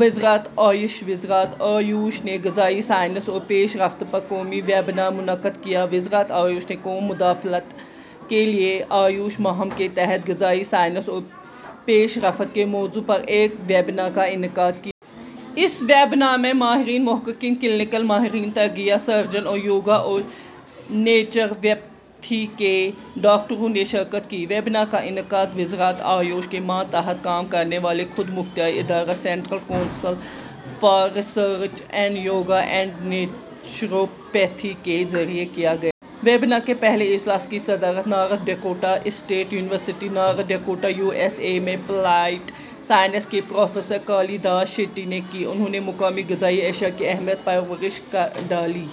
وزارت آیوش وزارت آیوش نے غذائی سائنس اور پیش رفت پر قومی ویبنار منعقد کیا وزارت آیوش نے '' قوت مدافعت کے لئے آیوش'' مہم کے تحت غذائی سائنس اور پیش رفت کے موضوع پر ایک ویبنار کا انعقاد کیا۔ اس ویبنار میں ماہرین، محققین کلینکل ماہرین تغذیہ، سرجن اور یوگا اورنیچروپیتھی کے ڈاکٹروں نے شرکت کی۔ ویبنار کا انعقاد وزارت آیوش کے ماتحت کام کرنے والے خود مختار ادارہ central council for research in yoga and naturopathy کے ذریعہ کیاگیا۔ ویبنار کے پہلے اجلاس کی صدارت North Dakota state university, North Dakota, U S A میں پلانٹ سائنس کے پروفیسر کالی داس شیٹی نے کی۔ انہوں نے مقامی غذائی اشیاء کی اہمیت پر روشنی ڈالی۔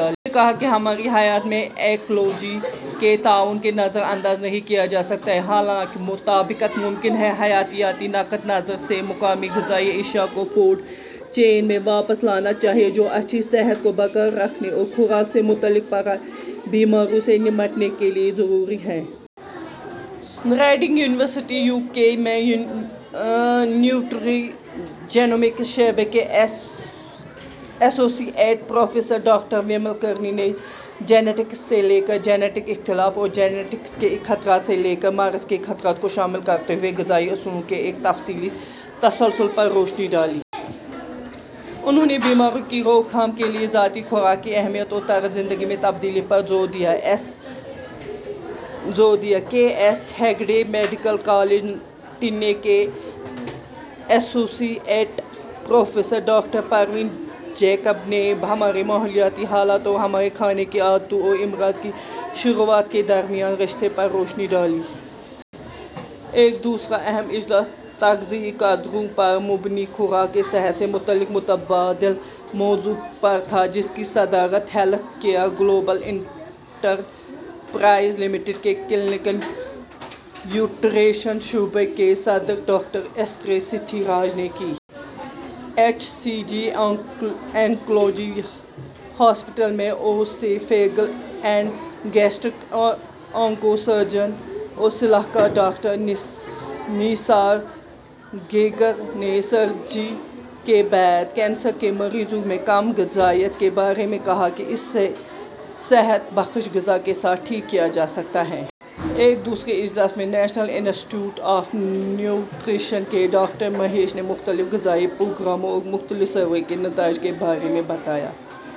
انہوں نے کہا کہ ہماری حیات میں ایکو لوجی کے تعاون کو نظر انداز نہیں کیا جاسکتا ہے ، حالانکہ مطابقت ممکن ہے۔ حیاتیاتی نقطہ نظر سے مقامی غذائی اشیاء کو فوڈ چین میں واپس لانا چاہئے جو اچھی صحت کو برقرار رکھنے اور خوراک سے متعلق پرانی بیماریوں سے نمٹنے کے لئے ضروری ہے۔ ریڈنگ یونیورسٹی، یو کے میں نیوٹری جینومکس شعبہ کے associate professor doctor Vimal Karni نےجینٹکس سے لے کر جیٹنک اختلاف اور جیٹنکس کے خطرات سے لے کر مرض کے خطرات کو شامل کرتے ہوئے غذائی اصولوں کے ایک تفصیلی تسلسل پر روشنی ڈالی۔ انہوں نے بیماریوں کی روک تھام کے لئے ذاتی خوراک کی اہمیت اور طرز زندگی میں تبدیلی پر زور دیا۔ K S Hegde medical college, Nitte کے associate professor doctor Praveen Jacob نے ہمارے ماحولیاتی حالات اور ہمارے کھانے کی عادتوں اور امراض کی شروعات کے درمیان کے رشتے پر روشنی ڈالی۔ ایک دوسرا اہم اجلاس'' تغذئی قدروں پر مبنی خوراک کے صحت سے متعلق متبادل '' موضوع پر تھا جس کی صدارت health care global enterprises limited کے کلینکل یوٹریشن شعبہ کے صدر ڈاکٹر ایسترے ستھی راج نے کی۔ H C G oncology hospital میں oesophageal and gastric onco surgeon اور صلاح کار ڈاکٹر نیسارگیکر نے سرجی کے بعد کینسر کے مریضوں میں کم غذائیت کے بارے میں کہا کہ اسے صحت بخش غذا کے ساتھ ٹھیک کیا جاسکتا ہے۔ ایک دوسرے اجلاس میں national institute of nutrition کے ڈاکٹر مہیش نے مختلف غذائی پروگراموں اور مختلف سروے کے نتائج کے بارے میں بتایا۔